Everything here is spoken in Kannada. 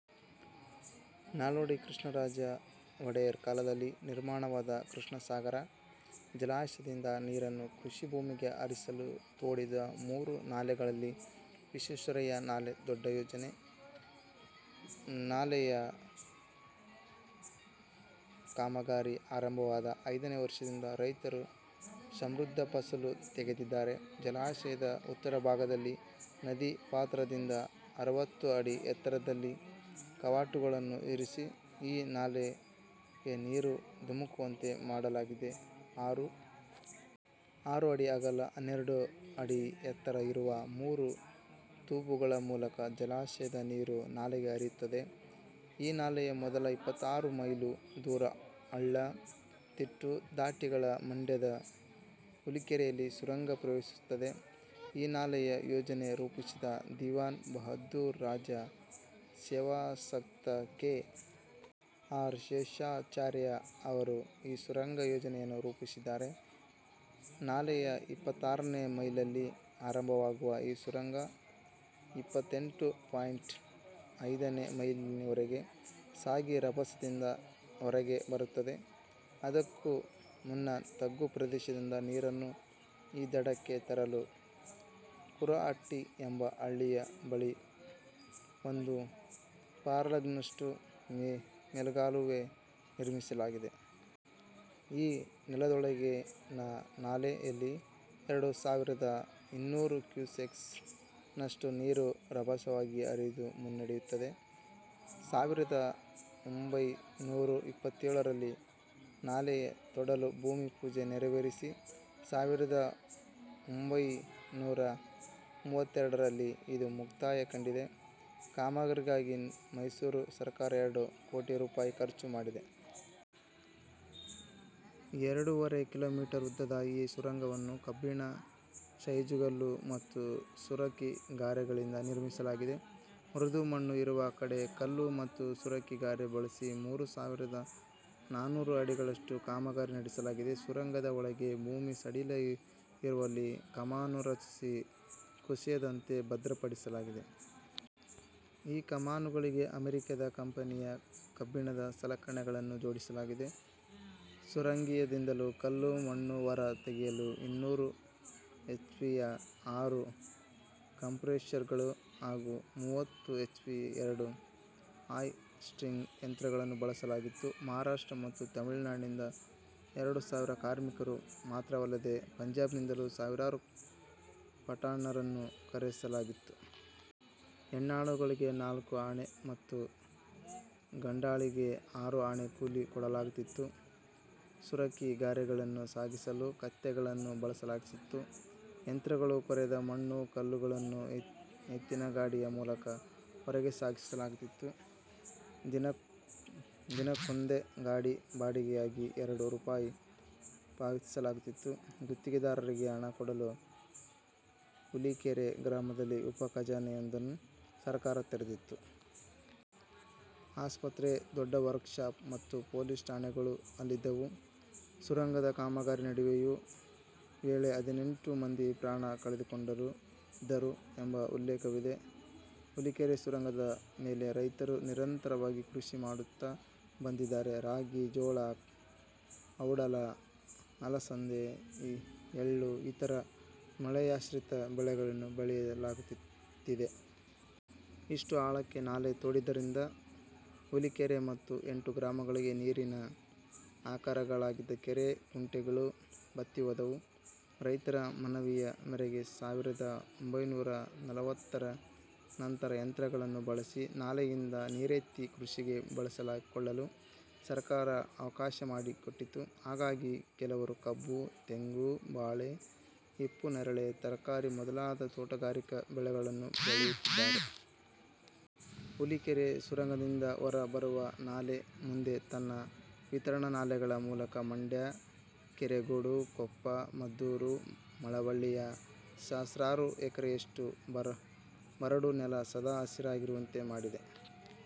ನಾಲ್ವಡಿ ಕೃಷ್ಣರಾಜ ಒಡೆಯರ್ ಕಾಲದಲ್ಲಿ ನಿರ್ಮಾಣವಾದ ಕೃಷ್ಣರಾಜ ಸಾಗರ ಜಲಾಶಯದಿಂದ ನೀರನ್ನು ಕೃಷಿ ಭೂಮಿಗೆ ಹರಿಸಲು ತೋಡಿದ ಮೂರು ನಾಲೆಗಳಲ್ಲಿ ವಿಶ್ವೇಶ್ವರಯ್ಯ ನಾಲೆ ದೊಡ್ಡ ಯೋಜನೆ. ನಾಲೆಯ ಕಾಮಗಾರಿ ಆರಂಭವಾದ ಐದನೇ ವರ್ಷದಿಂದ ರೈತರು ಸಮೃದ್ಧ ಫಸಲು ತೆಗೆದಿದ್ದಾರೆ. ಜಲಾಶಯದ ಉತ್ತರ ಭಾಗದಲ್ಲಿ, ನದಿ ಪಾತ್ರದಿಂದ ಅರವತ್ತು ಅಡಿ ಎತ್ತರದಲ್ಲಿ ಕವಾಟಗಳನ್ನು ಇರಿಸಿ ಈ ನಾಲೆಗೆ ನೀರು ಧುಮುಕುವಂತೆ ಮಾಡಲಾಗಿದೆ. ಆರು ಅಡಿ ಅಗಲ, ಹನ್ನೆರಡು ಅಡಿ ಎತ್ತರ ಇರುವ ಮೂರು ತೂಬುಗಳ ಮೂಲಕ ಜಲಾಶಯದ ನೀರು ನಾಲೆಗೆ ಹರಿಯುತ್ತದೆ. ಈ ನಾಲೆ ಮೊದಲ ಇಪ್ಪತ್ತಾರು ಮೈಲು ದೂರ ಹಳ್ಳ, ತಿಟ್ಟು ದಾಟಿ ಮಂಡ್ಯದ ಹುಲಿಕೆರೆಯಲ್ಲಿ ಸುರಂಗ ಪ್ರವೇಶಿಸುತ್ತದೆ. ಈ ನಾಲೆಯ ಯೋಜನೆ ರೂಪಿಸಿದ ದಿವಾನ್ ಬಹದ್ದೂರು ರಾಜ ಸೇವಾಸಕ್ತ ಕೆ. ಆರ್. ಶೇಷಾಚಾರ್ಯ ಅವರು ಈ ಸುರಂಗ ಯೋಜನೆಯನ್ನು ರೂಪಿಸಿದ್ದಾರೆ. ನಾಲೆಯ ಇಪ್ಪತ್ತಾರನೇ ಮೈಲಿಯಲ್ಲಿ ಆರಂಭವಾಗುವ ಈ ಸುರಂಗ ಇಪ್ಪತ್ತೆಂಟು ಪಾಯಿಂಟ್ ಐದನೇ ಮೈಲಿಯವರೆಗೆ ಸಾಗಿ ರಭಸದಿಂದ ಹೊರಗೆ ಬರುತ್ತದೆ. ಅದಕ್ಕೂ ಮುನ್ನ ತಗ್ಗು ಪ್ರದೇಶದಿಂದ ನೀರನ್ನು ಈ ದಡಕ್ಕೆ ತರಲು ಕುರಹಟ್ಟಿ ಎಂಬ ಹಳ್ಳಿಯ ಬಳಿ ಒಂದು ಫರ್ಲಾಂಗ್ನಷ್ಟು ಮೇಲ್ಗಾಲುವೆ ನಿರ್ಮಿಸಲಾಗಿದೆ. ಈ 'ನೆಲದೊಳಗಿನ ನಾಲೆ'ಯಲ್ಲಿ ಎರಡು ಸಾವಿರದ ಇನ್ನೂರು ಕ್ಯೂಸೆಕ್ಸ್ ನಷ್ಟು ನೀರು ರಭಸವಾಗಿ ಹರಿದು ಮುನ್ನಡೆಯುತ್ತದೆ. ಸಾವಿರದ ಒಂಭೈನೂರ ಇಪ್ಪತ್ತೇಳರಲ್ಲಿ ನಾಲೆ ತೋಡಲು ಭೂಮಿ ಪೂಜೆ ನೆರವೇರಿ ಸಾವಿರದ ಒಂಭೈನೂರ ಮೂವತ್ತೆರಡರಲ್ಲಿ ಅದು ಮುಕ್ತಾಯ ಕಂಡಿದೆ. ಕಾಮಗಾರಿಗಾಗಿ ಮೈಸೂರು ಸರ್ಕಾರ ಎರಡು ಕೋಟಿ ರೂಪಾಯಿ ಖರ್ಚು ಮಾಡಿದೆ. ಎರಡೂವರೆ ಕಿಲೋಮೀಟರ್ ಉದ್ದದ ಈ ಸುರಂಗವನ್ನು ಕಬ್ಬಿಣ, ಸೈಜುಗಲ್ಲು ಮತ್ತು ಸುರಕಿ ಗಾರೆಗಳಿಂದ ನಿರ್ಮಿಸಲಾಗಿದೆ. ಮೃದು ಮಣ್ಣು ಇರುವ ಕಡೆ ಕಲ್ಲು ಮತ್ತು ಸುರಕಿ ಗಾರೆ ಬಳಸಿ, ಮೂರು ಸಾವಿರದ ನಾನೂರು ಅಡಿಗಳಷ್ಟು ಕಾಮಗಾರಿ ನಡೆಸಲಾಗಿದೆ. ಸುರಂಗದ ಒಳಗೆ ಭೂಮಿ ಸಡಿಲ ಇರುವಲ್ಲಿ ಕಮಾನು ರಚಿಸಿ ಕುಸಿಯದಂತೆ ಭದ್ರಪಡಿಸಲಾಗಿದೆ. ಈ ಕಮಾನುಗಳಿಗೆ ಅಮೆರಿಕದ ಕಂಪೆನಿಯ ಕಬ್ಬಿಣದ ಸಲಕರಣೆಗಳನ್ನು ಜೋಡಿಸಲಾಗಿದೆ. ಸುರಂಗದಿಂದ ಕಲ್ಲು, ಮಣ್ಣು ಹೊರ ತೆಗೆಯಲು ಇನ್ನೂರು ಎಚ್ಪಿಯ ಆರು ಕಂಪ್ರೆಷರ್ಗಳು ಹಾಗೂ ಮೂವತ್ತು ಎಚ್ಪಿಯ ಎರಡು ಹಾಯ್ ಸ್ಟಿಂಗ್ ಯಂತ್ರಗಳನ್ನು ಬಳಸಲಾಗಿತ್ತು. ಮಹಾರಾಷ್ಟ್ರ ಮತ್ತು ತಮಿಳುನಾಡಿನಿಂದ ಎರಡು ಸಾವಿರ ಕಾರ್ಮಿಕರು ಮಾತ್ರವಲ್ಲದೆ ಪಂಜಾಬ್ನಿಂದಲೂ ಸಾವಿರಾರು ಪಠಾಣರನ್ನು ಕರೆಸಲಾಗಿತ್ತು. ಹೆಣ್ಣಾಳಿಗೆ ನಾಲ್ಕು ಆಣೆ ಮತ್ತು ಗಂಡಾಳಿಗೆ ಆರು ಆಣೆ ಕೂಲಿ ಕೊಡಲಾಗುತ್ತಿತ್ತು. ಸುರಕಿ ಗಾರೆಯನ್ನು ಸಾಗಿಸಲು ಕತ್ತೆಗಳನ್ನು ಬಳಸಲಾಗುತ್ತಿತ್ತು. ಯಂತ್ರಗಳು ಕೊರೆದ ಮಣ್ಣು, ಕಲ್ಲುಗಳನ್ನು ಎತ್ತಿನ ಗಾಡಿಯ ಮೂಲಕ ಹೊರಕ್ಕೆ ಸಾಗಿಸಲಾಗುತ್ತಿತ್ತು. ದಿನವೊಂದಕ್ಕೆ ಗಾಡಿ ಬಾಡಿಗೆಯಾಗಿ ಎರಡು ರೂಪಾಯಿ ಪಾವತಿಸಲಾಗುತ್ತಿತ್ತು. ಗುತ್ತಿಗೆದಾರರಿಗೆ ಹಣ ಕೊಡಲು ಹುಲಿಕೆರೆ ಗ್ರಾಮದಲ್ಲಿ ಉಪ ಖಜಾನೆಯೊಂದನ್ನು ಸರ್ಕಾರ ತೆರೆದಿತ್ತು. ಆಸ್ಪತ್ರೆ, ದೊಡ್ಡ ವರ್ಕ್ ಶಾಪ್ ಮತ್ತು ಪೊಲೀಸ್ ಠಾಣೆಗಳೂ ಅಲ್ಲಿದ್ದವು. ಸುರಂಗದ ಕಾಮಗಾರಿ ನಡೆಯುವ ವೇಳೆ ಹದಿನೆಂಟು ಮಂದಿ ಪ್ರಾಣ ಕಳೆದುಕೊಂಡಿದ್ದರು ಎಂಬ ಉಲ್ಲೇಖವಿದೆ. ಹುಲಿಕೆರೆ ಸುರಂಗದ ಮೇಲೆ ರೈತರು ನಿರಂತರವಾಗಿ ಕೃಷಿ ಮಾಡುತ್ತಾ ಬಂದಿದ್ದಾರೆ. ರಾಗಿ, ಜೋಳ, ಔಡಲ, ಅಲಸಂದೆ, ಎಳ್ಳು ಇತರ ಮಳೆಯಾಶ್ರಿತ ಬೆಳೆಗಳನ್ನು ಬೆಳೆಯಲಾಗುತ್ತಿದೆ. ಇಷ್ಟು ಆಳಕ್ಕೆ ನಾಲೆ ತೋಡಿದ್ದರಿಂದ ಹುಲಿಕೆರೆ ಮತ್ತು ಎಂಟು ಗ್ರಾಮಗಳಿಗೆ ನೀರಿನ ಆಕರಗಳಾಗಿದ್ದ ಕೆರೆ, ಕುಂಟೆಗಳು ಬತ್ತಿ ಹೋದವು. ರೈತರ ಮನವಿಯ ಮೇರೆಗೆ ಸಾವಿರದ ಒಂಭೈನೂರ ನಲವತ್ತರ ನಂತರ ಯಂತ್ರಗಳನ್ನು ಬಳಸಿ ನಾಲೆಯಿಂದ ನೀರೆತ್ತಿ ಕೃಷಿಗೆ ಬಳಸಿಕೊಳ್ಳಲು ಸರ್ಕಾರ ಅವಕಾಶ ಮಾಡಿಕೊಟ್ಟಿತು. ಹಾಗಾಗಿ ಕೆಲವರು ಕಬ್ಬು, ತೆಂಗು, ಬಾಳೆ, ಹಿಪ್ಪುನೇರಳೆ, ತರಕಾರಿ ಮೊದಲಾದ ತೋಟಗಾರಿಕಾ ಬೆಳೆಗಳನ್ನೂ ಬೆಳೆಯುತ್ತಿದ್ದಾರೆ. ಹುಲಿಕೆರೆ ಸುರಂಗದಿಂದ ಹೊರ ಬರುವ ನಾಲೆ ಮುಂದೆ ತನ್ನ ವಿತರಣಾ ನಾಲೆಗಳ ಮೂಲಕ ಮಂಡ್ಯ, ಕೆರಗೋಡು, ಕೊಪ್ಪ, ಮದ್ದೂರು, ಮಳವಳ್ಳಿಯ ಸಹಸ್ರಾರು ಎಕರೆಯಷ್ಟು ಬರಡು ನೆಲ ಸದಾ ಹಸಿರಾಗಿರುವಂತೆ ಮಾಡಿದೆ.